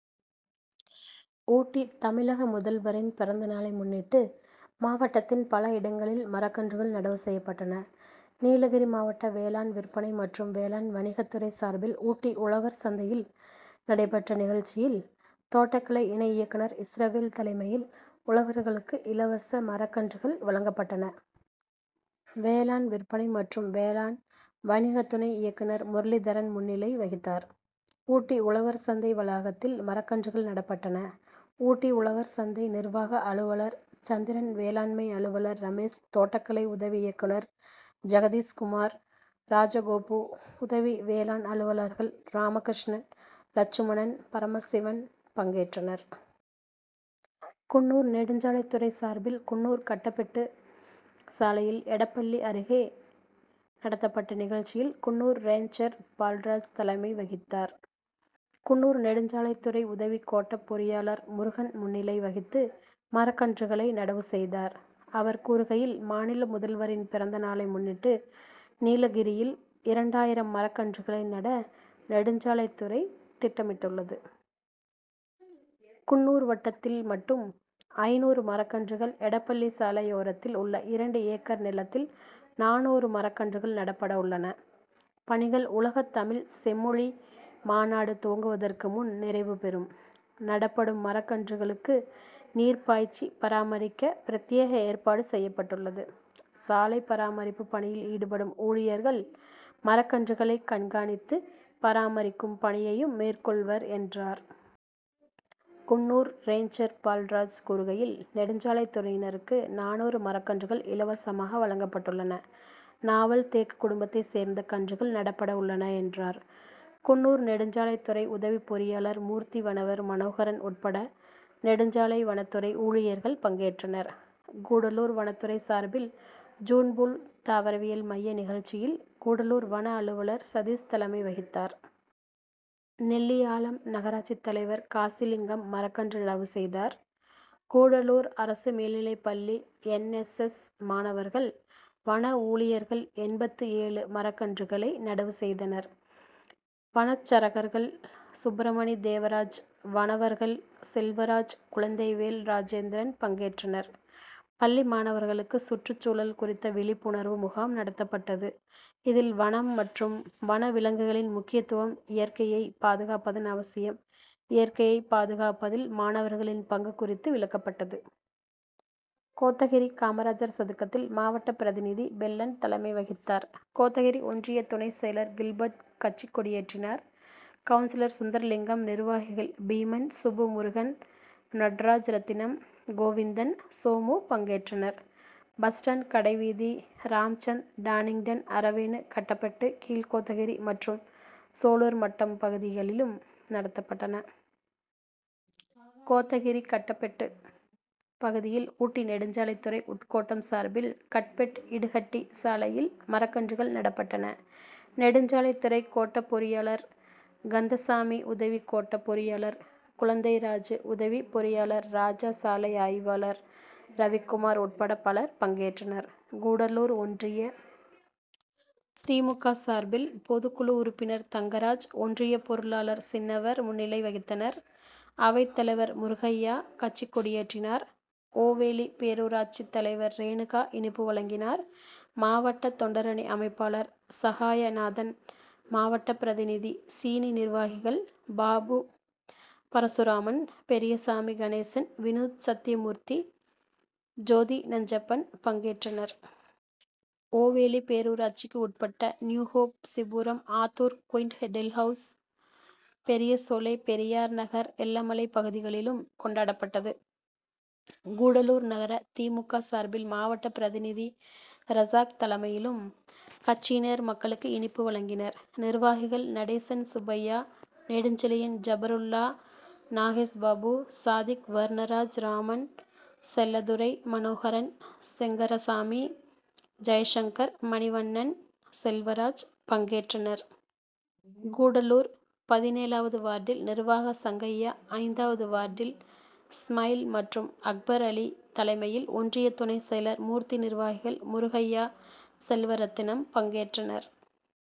ஊட்டி தமிழக முதல்வரின் பிறந்தநாளை முன்னிட்டு மாவட்டத்தின் பல இடங்களில் மரக்கன்றுகள் நடவு செய்யப்பட்டன. நீலகிரி மாவட்ட வேளாண் விற்பனை மற்றும் வேளாண் வணிகத் துறை சார்பில் ஊட்டி உழவர் சந்தையில் நடைப்பட்ட நிகழ்ச்சியில் தோட்டக்கலை இணை இயக்குனர் இஸ்ரவேல் தலைமையில் ழவர்களுக்கு இலவச மரக்கன்றுகள் வழங்கப்பட்டன. வேளாண் விற்பனை மற்றும் வேளாண் வணிக துணை இயக்குனர் முரளிதரன் முன்னிலை வகித்தார். ஊட்டி உழவர் சந்தை வளாகத்தில் மரக்கன்றுகள் நடப்பட்டன. ஊட்டி உழவர் சந்தை நிர்வாக அலுவலர் சந்திரன் வேளாண்மை அலுவலர் ரமேஷ் தோட்டக்கலை உதவி இயக்குனர் ஜெகதீஷ்குமார் ராஜகோபு உதவி வேளாண் அலுவலர்கள் ராமகிருஷ்ணன் லட்சுமணன் பரமசிவன் பங்கேற்றனர். குன்னூர் நெடுஞ்சாலைத் துறை சார்பில் குன்னூர் கட்டபெட்டு சாலையில் எடப்பள்ளி அருகே நடத்தப்பட்ட நிகழ்ச்சியில் குன்னூர் ரேஞ்சர் பால்ராஜ் தலைமை வகித்தார். குன்னூர் நெடுஞ்சாலைத் துறை உதவி கோட்டப் பொறியாளர் முருகன் முன்னிலை வகித்து மரக்கன்றுகளை நடவு செய்தார். அவர் கூறுகையில் மாநில முதல்வரின் பிறந்த நாளை முன்னிட்டு நீலகிரியில் இரண்டாயிரம் மரக்கன்றுகளை நட நெடுஞ்சாலைத் துறை திட்டமிட்டுள்ளது. குன்னூர் வட்டத்தில் மட்டும் ஐந்நூறு மரக்கன்றுகள் எடப்பள்ளி சாலையோரத்தில் உள்ள இரண்டு ஏக்கர் நிலத்தில் நானூறு மரக்கன்றுகள் நடப்பட உள்ளன பணிகள் உலகத் தமிழ் செம்மொழி மாநாடு துவங்குவதற்கு முன் நிறைவு பெறும். நடப்படும் மரக்கன்றுகளுக்கு நீர் பாய்ச்சி பராமரிக்க பிரத்யேக ஏற்பாடு செய்யப்பட்டுள்ளது. சாலைப் பராமரிப்புப் பணியில் ஈடுபடும் ஊழியர்கள் மரக்கன்றுகளை கண்காணித்து பராமரிக்கும் பணியையும் மேற்கொள்வர் என்றார். குன்னூர் ரேஞ்சர் பால்ராஜ் கூறுகையில் நெடுஞ்சாலைத் துறையினருக்கு நானூறு மரக்கன்றுகள் இலவசமாக வழங்கப்பட்டுள்ளன. நாவல் தேக்கு குடும்பத்தை சேர்ந்த கன்றுகள் நடப்பட உள்ளன என்றார். குன்னூர் நெடுஞ்சாலைத் துறை உதவி பொறியாளர் மூர்த்தி வனவர் மனோகரன் உட்பட நெடுஞ்சாலை வனத்துறை ஊழியர்கள் பங்கேற்றனர். கூடலூர் வனத்துறை சார்பில் ஜீன்பூல் தாவரவியல் மைய நிகழ்ச்சியில் கூடலூர் வன அலுவலர் சதீஷ் தலைமை வகித்தார். நெல்லியாளம் நகராட்சி தலைவர் காசிலிங்கம் மரக்கன்று நடவு செய்தார். கூடலூர் அரசு மேல்நிலைப் பள்ளி என். எஸ். எஸ். மாணவர்கள் வன ஊழியர்கள் எண்பத்து ஏழு மரக் கன்றுகளை நடவு செய்தனர். வனச்சரகர்கள் சுப்ரமணி தேவராஜ் வனவர்கள் செல்வராஜ் குழந்தைவேல் ராஜேந்திரன் பங்கேற்றனர். பள்ளி மாணவர்களுக்கு சுற்றுச்சூழல் குறித்த விழிப்புணர்வு முகாம் நடத்தப்பட்டது இதில் வனம் மற்றும் வன விலங்குகளின் முக்கியத்துவம் இயற்கையை பாதுகாப்பதன் அவசியம் இயற்கையை பாதுகாப்பதில் மாணவர்களின் பங்கு குறித்து விளக்கப்பட்டது. கோத்தகிரி காமராஜர் சதுக்கத்தில் மாவட்ட பிரதிநிதி பெள்ளன் தலைமை வகித்தார். கோத்தகிரி ஒன்றிய துணை செயலர் கில்பர்ட் கட்சிக் கொடியேற்றினார். கவுன்சிலர் சுந்தரலிங்கம் நிர்வாகிகள் பீமன் சுப்பு முருகன் நடராஜ் ரத்தினம் கோவிந்தன் சோமு பங்கேற்றனர். பஸ் ஸ்டாண்ட் கடைவீதி ராம்சந்த் டானிங்டன் அரவேனு கட்டபெட்டு கீழ்கோத்தகிரி மற்றும் சோலூர்மட்டம் பகுதிகளிலும் நடத்தப்பட்டன. கோத்தகிரி கட்டபெட்டு பகுதியில் ஊட்டி நெடுஞ்சாலைத் துறை உட்கோட்டம் சார்பில் கட்பெட்டு இடுஹட்டி சாலையில் மரக்கன்றுகள் நடப்பட்டன. நெடுஞ்சாலைத் துறை கோட்ட பொறியாளர் கந்தசாமி உதவி கோட்டப் பொறியாளர் குழந்தைராஜு உதவி பொறியாளர் ராஜா சாலை ஆய்வாளர் ரவிக்குமார் உட்பட பலர் பங்கேற்றனர். கூடலூர் ஒன்றிய. தி. மு. க. சார்பில் பொதுக்குழு உறுப்பினர் தங்கராஜ் ஒன்றிய பொருளாளர் சின்னவர் முன்னிலை வகித்தனர். அவைத் தலைவர் முருகையா கட்சிக் கொடியேற்றினார். ஓவேலி பேரூராட்சி தலைவர் ரேணுகா இனிப்பு வழங்கினார். மாவட்ட தொண்டரணி அமைப்பாளர் சகாயநாதன் மாவட்ட பிரதிநிதி சீனி நிர்வாகிகள் பாபு பரசுராமன் பெரியசாமி கணேசன் வினு சத்யமூர்த்தி ஜோதி நஞ்சப்பன் பங்கேற்றனர். ஓவேலி பேரூராட்சிக்கு உட்பட்ட நியூஹோப் சீபுரம் ஆத்தூர் குயிண்ட் டெல்ஹவுஸ் பெரியசோலை பெரியார் நகர் எல்லமலை பகுதிகளிலும் கொண்டாடப்பட்டது. கூடலூர் நகர தி. மு. க. சார்பில் மாவட்ட பிரதிநிதி ரசாக் தலைமையிலும் கட்சியினர் மக்களுக்கு இனிப்பு வழங்கினர். நிர்வாகிகள் நடேசன் சுப்பையா நெடுஞ்செழியன் ஜபருல்லா நாகேஷ் பாபு சாதிக் வர்ணராஜ் ராமன் செல்லதுரை மனோகரன் செங்கரசாமி ஜெயசங்கர் மணிவண்ணன் செல்வராஜ் பங்கேற்றனர். கூடலூர் பதினேழாவது வார்டில் நிர்வாக சங்கையா ஐந்தாவது வார்டில் ஸ்மைல் மற்றும் அக்பர் அலி தலைமையில் ஒன்றிய துணை செயலர் மூர்த்தி நிர்வாகிகள் முருகையா செல்வரத்தினம் பங்கேற்றனர்.